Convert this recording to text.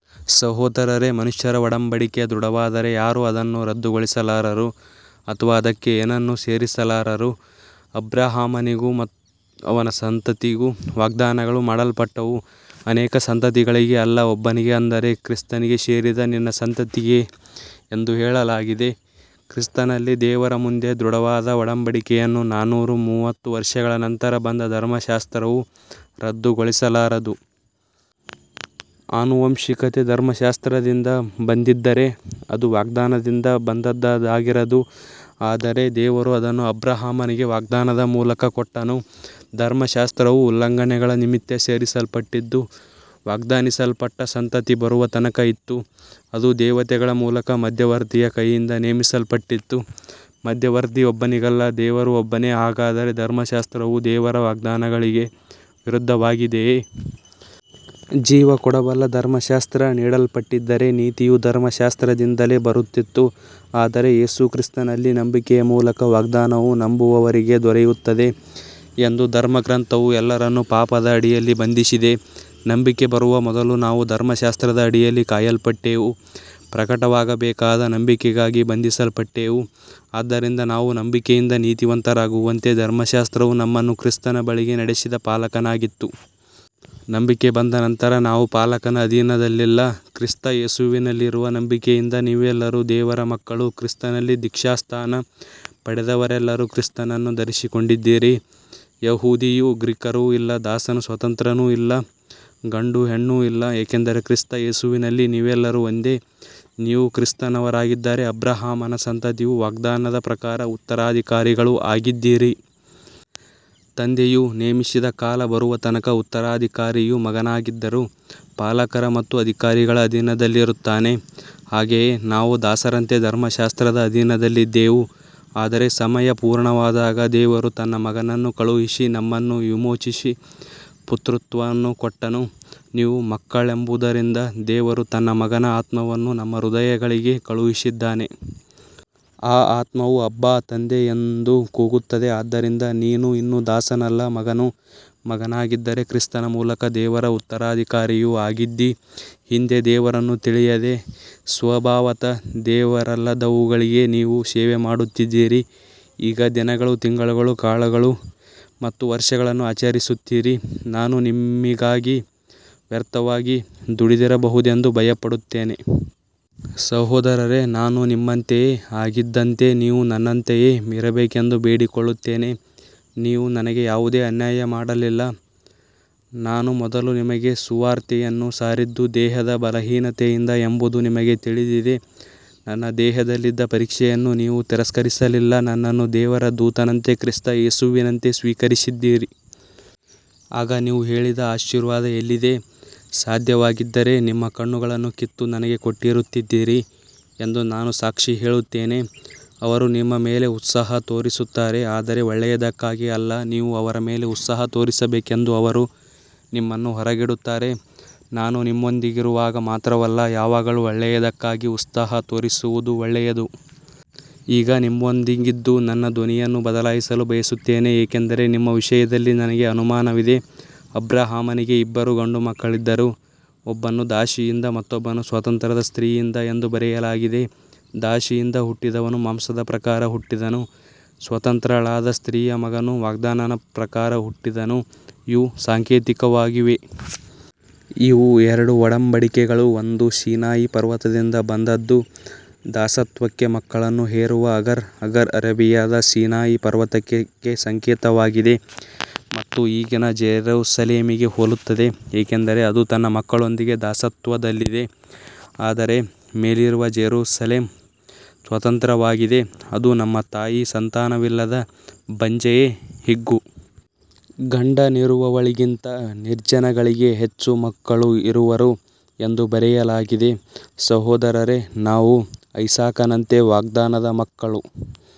ಸಹೋದರರೇ, ಮನುಷ್ಯರ ಒಡಂಬಡಿಕೆ ದೃಢವಾದರೆ ಯಾರೂ ಅದನ್ನು ರದ್ದುಗೊಳಿಸಲಾರರು ಅಥವಾ ಅದಕ್ಕೆ ಏನನ್ನೂ ಸೇರಿಸಲಾರರು. ಅಬ್ರಹಾಮನಿಗೂ ಅವನ ಸಂತತಿಗೂ ವಾಗ್ದಾನಗಳು ಮಾಡಲ್ಪಟ್ಟವು. ಅನೇಕ ಸಂತತಿಗಳಿಗೆ ಅಲ್ಲ, ಒಬ್ಬನಿಗೆ, ಅಂದರೆ ಕ್ರಿಸ್ತನಿಗೆ ಸೇರಿದ ನಿನ್ನ ಸಂತತಿಗೆ ಎಂದು ಹೇಳಲಾಗಿದೆ. ಕ್ರಿಸ್ತನಲ್ಲಿ ದೇವರ ಮುಂದೆ ದೃಢವಾದ ಒಡಂಬಡಿಕೆಯನ್ನು ನಾನೂರ ಮೂವತ್ತು ವರ್ಷಗಳ ನಂತರ ಬಂದ ಧರ್ಮಶಾಸ್ತ್ರವು ರದ್ದುಗೊಳಿಸಲಾರದು. ಆನುವಂಶಿಕತೆ ಧರ್ಮಶಾಸ್ತ್ರದಿಂದ ಬಂದಿದ್ದರೆ ಅದು ವಾಗ್ದಾನದಿಂದ ಬಂದದ್ದಾಗಿರದು, ಆದರೆ ದೇವರು ಅದನ್ನು ಅಬ್ರಹಾಮನಿಗೆ ವಾಗ್ದಾನದ ಮೂಲಕ ಕೊಟ್ಟನು. ಧರ್ಮಶಾಸ್ತ್ರವು ಉಲ್ಲಂಘನೆಗಳ ನಿಮಿತ್ತ ಸೇರಿಸಲ್ಪಟ್ಟಿದ್ದು, ವಾಗ್ದಾನಿಸಲ್ಪಟ್ಟ ಸಂತತಿ ಬರುವ ತನಕ ಇತ್ತು. ಅದು ದೇವತೆಗಳ ಮೂಲಕ ಮಧ್ಯವರ್ತಿಯ ಕೈಯಿಂದ ನೇಮಿಸಲ್ಪಟ್ಟಿತು. ಮಧ್ಯವರ್ತಿ ಒಬ್ಬನಿಗಲ್ಲ, ದೇವರು ಒಬ್ಬನೇ. ಹಾಗಾದರೆ ಧರ್ಮಶಾಸ್ತ್ರವು ದೇವರ ವಾಗ್ದಾನಗಳಿಗೆ ವಿರುದ್ಧವಾಗಿದೆಯೇ. ಜೀವಕೊಡಬಲ್ಲ ಧರ್ಮಶಾಸ್ತ್ರ ನೀಡಲ್ಪಟ್ಟಿದ್ದರೆ ನೀತಿಯು ಧರ್ಮಶಾಸ್ತ್ರದಿಂದಲೇ ಬರುತ್ತಿತ್ತು. ಆದರೆ ಯೇಸು ಕ್ರಿಸ್ತನಲ್ಲಿ ನಂಬಿಕೆಯ ಮೂಲಕ ವಾಗ್ದಾನವು ನಂಬುವವರಿಗೆ ದೊರೆಯುತ್ತದೆ ಎಂದು ಧರ್ಮಗ್ರಂಥವು ಎಲ್ಲರನ್ನೂ ಪಾಪದ ಅಡಿಯಲ್ಲಿ ಬಂಧಿಸಿದೆ. ನಂಬಿಕೆ ಬರುವ ಮೊದಲು ನಾವು ಧರ್ಮಶಾಸ್ತ್ರದ ಅಡಿಯಲ್ಲಿ ಕಾಯಲ್ಪಟ್ಟೆವು, ಪ್ರಕಟವಾಗಬೇಕಾದ ನಂಬಿಕೆಗಾಗಿ ಬಂಧಿಸಲ್ಪಟ್ಟೆವು. ಆದ್ದರಿಂದ ನಾವು ನಂಬಿಕೆಯಿಂದ ನೀತಿವಂತರಾಗುವಂತೆ ಧರ್ಮಶಾಸ್ತ್ರವು ನಮ್ಮನ್ನು ಕ್ರಿಸ್ತನ ಬಳಿಗೆ ನಡೆಸಿದ ಪಾಲಕನಾಗಿತ್ತು. ನಂಬಿಕೆ ಬಂದ ನಂತರ ನಾವು ಪಾಲಕನ ಅಧೀನದಲ್ಲಿಲ್ಲ. ಕ್ರಿಸ್ತ ಯೇಸುವಿನಲ್ಲಿರುವ ನಂಬಿಕೆಯಿಂದ ನೀವೆಲ್ಲರೂ ದೇವರ ಮಕ್ಕಳು. ಕ್ರಿಸ್ತನಲ್ಲಿ ದೀಕ್ಷಾಸ್ನಾನ ಪಡೆದವರೆಲ್ಲರೂ ಕ್ರಿಸ್ತನನ್ನು ಧರಿಸಿಕೊಂಡಿದ್ದೀರಿ. ಯಹೂದಿಯೂ ಗ್ರೀಕರೂ ಇಲ್ಲ, ದಾಸನೂ ಸ್ವತಂತ್ರನೂ ಇಲ್ಲ, ಗಂಡೂ ಹೆಣ್ಣೂ ಇಲ್ಲ, ಏಕೆಂದರೆ ಕ್ರಿಸ್ತ ಯೇಸುವಿನಲ್ಲಿ ನೀವೆಲ್ಲರೂ ಒಂದೇ. ನೀವು ಕ್ರಿಸ್ತನವರಾಗಿದ್ದರೆ ಅಬ್ರಹಾಮನ ಸಂತತಿಯೂ ವಾಗ್ದಾನದ ಪ್ರಕಾರ ಉತ್ತರಾಧಿಕಾರಿಗಳೂ ಆಗಿದ್ದೀರಿ. ತಂದೆಯು ನೇಮಿಸಿದ ಕಾಲ ಬರುವ ತನಕ ಉತ್ತರಾಧಿಕಾರಿಯು ಮಗನಾಗಿದ್ದರೂ ಪಾಲಕರ ಮತ್ತು ಅಧಿಕಾರಿಗಳ ಅಧೀನದಲ್ಲಿರುತ್ತಾನೆ. ಹಾಗೆಯೇ ನಾವು ದಾಸರಂತೆ ಧರ್ಮಶಾಸ್ತ್ರದ ಅಧೀನದಲ್ಲಿದ್ದೆವು, ಆದರೆ ಸಮಯ ಪೂರ್ಣವಾದಾಗ ದೇವರು ತನ್ನ ಮಗನನ್ನು ಕಳುಹಿಸಿ ನಮ್ಮನ್ನು ವಿಮೋಚಿಸಿ ಪುತ್ರತ್ವವನ್ನು ಕೊಟ್ಟನು. ನೀವು ಮಕ್ಕಳೆಂಬುದರಿಂದ ದೇವರು ತನ್ನ ಮಗನ ಆತ್ಮವನ್ನು ನಮ್ಮ ಹೃದಯಗಳಿಗೆ ಕಳುಹಿಸಿದ್ದಾನೆ. ಆ ಆತ್ಮವು ಅಬ್ಬಾ ತಂದೆ ಎಂದು ಕೂಗುತ್ತದೆ. ಆದ್ದರಿಂದ ನೀನು ಇನ್ನು ದಾಸನಲ್ಲ, ಮಗನು. ಮಗನಾಗಿದ್ದರೆ ಕ್ರಿಸ್ತನ ಮೂಲಕ ದೇವರ ಉತ್ತರಾಧಿಕಾರಿಯೂ ಆಗಿದ್ದೀ. ಹಿಂದೆ ದೇವರನ್ನು ತಿಳಿಯದೆ ಸ್ವಭಾವತಃ ದೇವರಲ್ಲದವುಗಳಿಗೆ ನೀವು ಸೇವೆ ಮಾಡುತ್ತಿದ್ದಿರಿ. ಈಗ ದಿನಗಳು, ತಿಂಗಳುಗಳು, ಕಾಲಗಳು ಮತ್ತು ವರ್ಷಗಳನ್ನು ಆಚರಿಸುತ್ತೀರಿ. ನಾನು ನಿಮ್ಮಿಗಾಗಿ ವ್ಯರ್ಥವಾಗಿ ದುಡಿದಿರಬಹುದೆಂದು ಭಯಪಡುತ್ತೇನೆ. ಸಹೋದರರೇ, ನಾನು ನಿಮ್ಮಂತೆಯೇ ಆಗಿದ್ದಂತೆ ನೀವು ನನ್ನಂತೆಯೇ ಇರಬೇಕೆಂದು ಬೇಡಿಕೊಳ್ಳುತ್ತೇನೆ. ನೀವು ನನಗೆ ಯಾವುದೇ ಅನ್ಯಾಯ ಮಾಡಲಿಲ್ಲ. ನಾನು ಮೊದಲು ನಿಮಗೆ ಸುವಾರ್ತೆಯನ್ನು ಸಾರಿದ್ದು ದೇಹದ ಬಲಹೀನತೆಯಿಂದ ಎಂಬುದು ನಿಮಗೆ ತಿಳಿದಿದೆ. ನನ್ನ ದೇಹದಲ್ಲಿದ್ದ ಪರೀಕ್ಷೆಯನ್ನು ನೀವು ತಿರಸ್ಕರಿಸಲಿಲ್ಲ, ನನ್ನನ್ನು ದೇವರ ದೂತನಂತೆ, ಕ್ರಿಸ್ತ ಯೇಸುವಿನಂತೆ ಸ್ವೀಕರಿಸಿದ್ದೀರಿ. ಆಗ ನೀವು ಹೇಳಿದ ಆಶೀರ್ವಾದ ಎಲ್ಲಿದೆ. ಸಾಧ್ಯವಾಗಿದ್ದರೆ ನಿಮ್ಮ ಕಣ್ಣುಗಳನ್ನು ಕಿತ್ತು ನನಗೆ ಕೊಟ್ಟಿರುತ್ತಿದ್ದಿರಿ ಎಂದು ನಾನು ಸಾಕ್ಷಿ ಹೇಳುತ್ತೇನೆ. ಅವರು ನಿಮ್ಮ ಮೇಲೆ ಉತ್ಸಾಹ ತೋರಿಸುತ್ತಾರೆ, ಆದರೆ ಒಳ್ಳೆಯದಕ್ಕಾಗಿ ಅಲ್ಲ. ನೀವು ಅವರ ಮೇಲೆ ಉತ್ಸಾಹ ತೋರಿಸಬೇಕೆಂದು ಅವರು ನಿಮ್ಮನ್ನು ಹೊರಗಿಡುತ್ತಾರೆ. ನಾನು ನಿಮ್ಮೊಂದಿಗಿರುವಾಗ ಮಾತ್ರವಲ್ಲ, ಯಾವಾಗಲೂ ಒಳ್ಳೆಯದಕ್ಕಾಗಿ ಉತ್ಸಾಹ ತೋರಿಸುವುದು ಒಳ್ಳೆಯದು. ಈಗ ನಿಮ್ಮೊಂದಿಗಿದ್ದು ನನ್ನ ಧ್ವನಿಯನ್ನು ಬದಲಾಯಿಸಲು ಬಯಸುತ್ತೇನೆ, ಏಕೆಂದರೆ ನಿಮ್ಮ ವಿಷಯದಲ್ಲಿ ನನಗೆ ಅನುಮಾನವಿದೆ. ಅಬ್ರಹಾಮನಿಗೆ ಇಬ್ಬರು ಗಂಡುಮಕ್ಕಳಿದ್ದರು, ಒಬ್ಬನು ದಾಸಿಯಿಂದ, ಮತ್ತೊಬ್ಬನು ಸ್ವತಂತ್ರಳಾದ ಸ್ತ್ರೀಯಿಂದ ಎಂದು ಬರೆಯಲಾಗಿದೆ. ದಾಸಿಯಿಂದ ಹುಟ್ಟಿದವನು ಮಾಂಸದ ಪ್ರಕಾರ ಹುಟ್ಟಿದನು, ಸ್ವತಂತ್ರಳಾದ ಸ್ತ್ರೀಯ ಮಗನು ವಾಗ್ದಾನದ ಪ್ರಕಾರ ಹುಟ್ಟಿದನು. ಇವು ಸಾಂಕೇತಿಕವಾಗಿವೆ. ಇವು ಎರಡು ಒಡಂಬಡಿಕೆಗಳು. ಒಂದು ಸೀನಾಯಿ ಪರ್ವತದಿಂದ ಬಂದದ್ದು, ದಾಸತ್ವಕ್ಕೆ ಮಕ್ಕಳನ್ನು ಹೆರುವ ಅಗರ್. ಅಗರ್ ಅರೇಬಿಯಾದ ಸೀನಾಯಿ ಪರ್ವತಕ್ಕೆ ಸಂಕೇತವಾಗಿದೆ ಮತ್ತು ಈಗಿನ ಜೆರುಸಲೇಮಿಗೆ ಹೋಲುತ್ತದೆ, ಏಕೆಂದರೆ ಅದು ತನ್ನ ಮಕ್ಕಳೊಂದಿಗೆ ದಾಸತ್ವದಲ್ಲಿದೆ. ಆದರೆ ಮೇಲಿರುವ ಜೆರುಸಲೇಮ್ ಸ್ವತಂತ್ರವಾಗಿದೆ, ಅದು ನಮ್ಮ ತಾಯಿ. ಸಂತಾನವಿಲ್ಲದ ಬಂಜೆಯೇ, ಹಿಗ್ಗು. ಗಂಡನಿರುವವಳಿಗಿಂತ ನಿರ್ಜನಳಿಗೆ ಹೆಚ್ಚು ಮಕ್ಕಳು ಇರುವರು ಎಂದು ಬರೆಯಲಾಗಿದೆ. ಸಹೋದರರೇ, ನಾವು ಐಸಾಕನಂತೆ ವಾಗ್ದಾನದ ಮಕ್ಕಳು.